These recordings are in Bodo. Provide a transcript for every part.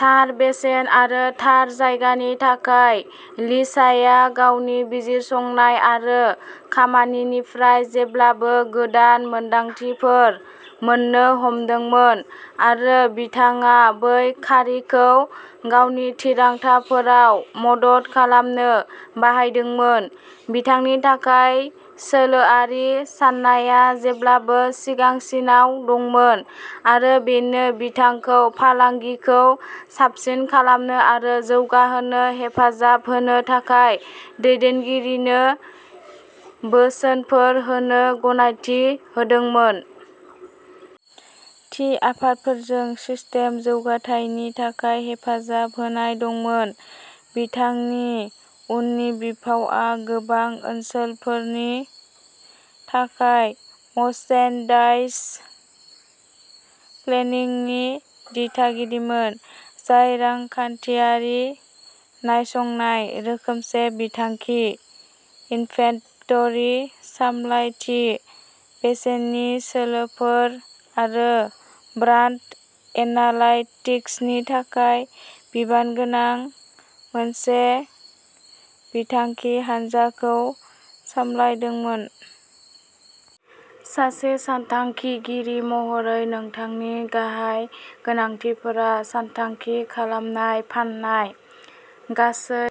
थार बेसेन आरो थार जायगानि थाखाय लिसाया गावनि बिजिरसंनाय आरो खामानिनिफ्राय जेब्लाबो गोदान मोनदांथिफोर मोन्नो हमदोंमोन आरो बिथाङा बै खारिखौ गावनि थिरांथाफोराव मदद खालामनो बाहायदोंमोन। बिथांनि थाखाय सोलोआरि साननाया जेब्लाबो सिगांसिनाव दंमोन आरो बेनो बिथांखौ फालांगिखौ साबसिन खालामनो आरो जौगाहोनो हेफाजाब होनो थाखाय दैदेनगिरिनो बोसोनफोर होनो गनायथि होदोंमोन। थि आफादफोरजों सिस्टेम जौगाथायनि थाखाय हेफाजाब होनाय दंमोन। बिथांनि उननि बिफावआ गोबां ओनसोलफोरनि थाखाय मर्चेन्डाइज प्लेनिंनि दिथागिरिमोन जाय रांखान्थियारि नायसंनाय, रोखोमसे बिथांखि, इनभेन्टरि सामलायथि, बेसेननि सोलोफोर आरो ब्रान्ड एनालाइटिक्सनि थाखाय बिबानगोनां मोनसे बिथांखि हानजाखौ सामलायदोंमोन। सासे सानथांखिगिरि महरै नोंथांनि गाहाय गोनांथिफोरा सानथांखि खालामनाय फान्नाय, गासै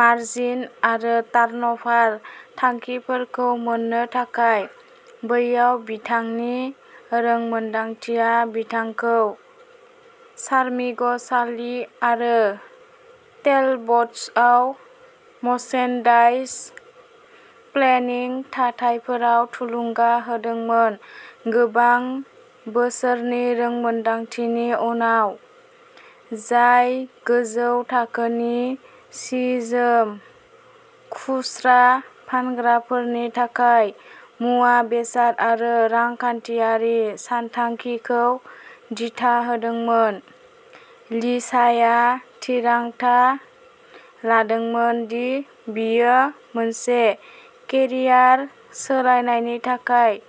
मार्जिन आरो टार्नभार थांखिफोरखौ मोन्नो थाखाय। बैयाव बिथांनि रोंमोनदांथिया बिथांखौ चार्मिंग चार्ली आरो टेलबट्सआव मर्चेन्डाइज प्लेनिं थाथायफोराव थुलुंगा होदोंमोन। गोबां बोसोरनि रोंमोन्दांथिनि उनाव, जाय गोजौ थाखोनि सि-जोम खुस्रा फानग्राफोरनि थाखाय मुवा-बेसाद आरो रांखान्थियारि सानथांखिखौ दिथा होदोंमोन, लिसाया थिरांथा लादोंमोन दि बियो मोनसे केरियार सोलायनायनि थाखाय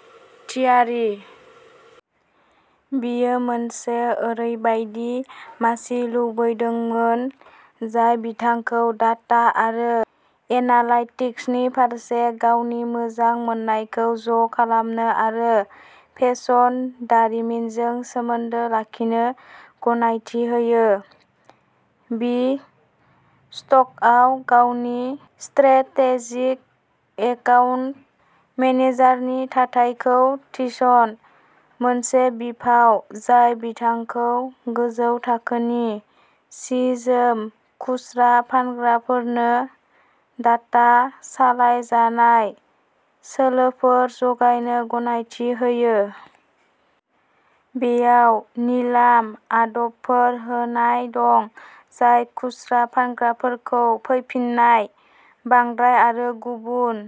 थियारि। बियो मोनसे ओरैबायदि मासि लुबैदोंमोन जाय बिथांखौ डाटा आरो एनालाइटिक्सनि फारसे गावनि मोजां मोननायखौ ज' खालामनो आरो फेशन दारिमिनजों सोमोन्दो लाखिनो गनायथि होयो। बि-स्टकआव गावनि स्ट्रेटेजिक एकाउन्ट मेनेजारनि थाथायखौ थिसन मोनसे बिफाव जाय बिथांखौ गोजौ थाखोनि सि-जोम खुस्रा फानग्राफोरनो डाटा सालायजानाय सोलोफोर जगायनो गनायथि होयो। बेयाव निलाम आदबफोर होनाय दं जाय खुस्रा फानग्राफोरखौ फैफिन्नाय, बांद्राय आरो गुबुन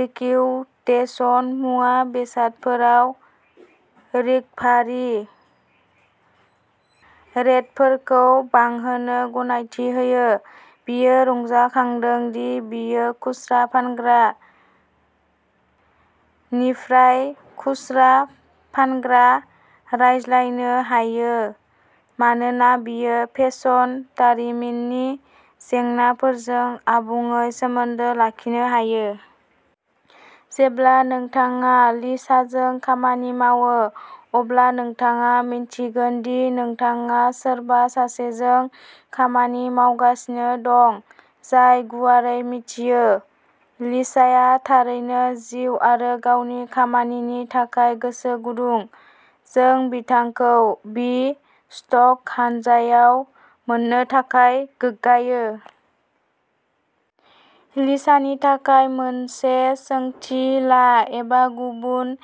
लिकिवडेशन मुवा-बेसादफोराव रिकभारि रेटफोरखौ बांहोनो गनायथि होयो। बियो रंजाखांदों दि बियो खुस्रा फानग्रा निफ्राय खुस्रा फानग्रा रायज्लायनो हायो मानोना बियो फेशन दारिमिननि जेंनाफोरजों आबुङै सोमोन्दो लाखिनो हायो। जेब्ला नोंथाङा लिसाजों खामानि मावो, अब्ला नोंथाङा मिन्थिगोन दि नोंथाङा सोरबा सासेजों खामानि मावगासिनो दं जाय गुवारै मिथियो। लिसाया थारैनो जिउ आरो गावनि खामानिनि थाखाय गोसो गुदुं, जों बिथांखौ बि-स्टक हानजायाव मोन्नो थाखाय गोग्गायो। लिसानि थाखाय मोनसे सोंथि ला एबा गुबुन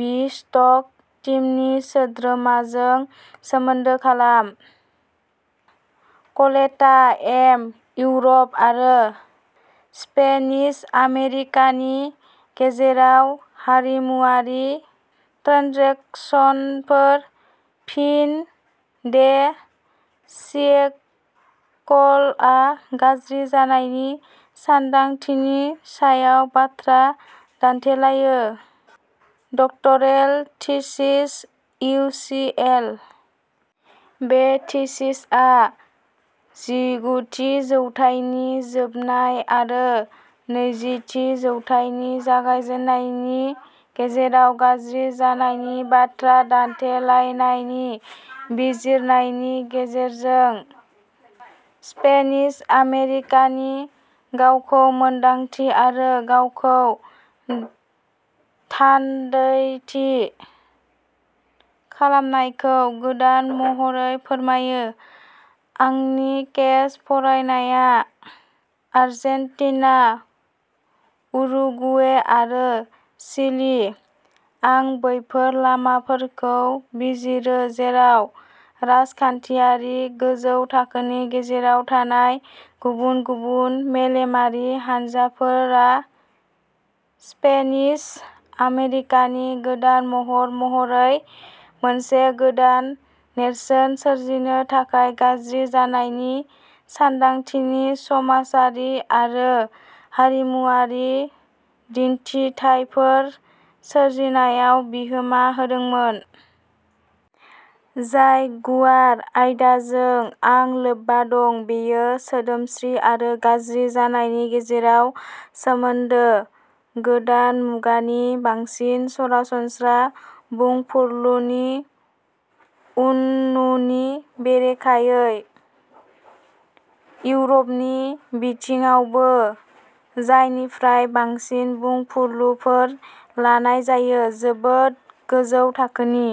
बि-स्टक टीमनि सोद्रोमाजों सोमोन्दो खालाम। कलेटा, एम इउर'प आरो स्पेनिश आमेरिकानि गेजेराव हारिमुआरि ट्रेन्जेकसनफोर, फिन दे सियेकलआ गाज्रि जानायनि सानदांथिनि सायाव बाथ्रा दान्थेलायो। Doctoral thesis, U C L. बे थिसिसआ जिगुथि जौथाइनि जोबनाय आरो नैजिथि जौथाइनि जागायजेन्नायनि गेजेराव गाज्रि जानायनि बाथ्रा दान्थेलायनायनि बिजिरनायनि गेजेरजों स्पेनिश आमेरिकानि गावखौ-मोनदांथि आरो गावखौ-थान्दैथि खालामनायखौ गोदान महरै फोरमायो। आंनि केस फरायनाया आर्जेन्टिना, उरुगुवे आरो चिलि। आं बैफोर लामाफोरखौ बिजिरो जेराव राजखान्थियारि गोजौ थाखोनि गेजेराव थानाय गुबुन-गुबुन मेलेमारि हानजाफोरा, स्पेनिश आमेरिकानि गोदान महर महरै मोनसे गोदान नेरसोन सोरजिनो थाखाय गाज्रि जानायनि सानदांथिनि समाजारि आरो हारिमुआरि दिन्थिथायफोर सोरजिनायाव बिहोमा होदोंमोन। जाय गुवार आयदाजों आं लोब्बा दं बेयो सोदोमस्रि आरो गाज्रि जानायनि गेजेराव सोमोन्दो गोदान मुगानि बांसिन सरासनस्रा बुंफुरलुनि उननुनि बेरेखायै। इउर'पनि बिथिङावबो, जायनिफ्राय बांसिन बुंफुरलुफोर लानाय जायो, जोबोद गोजौ थाखोनि।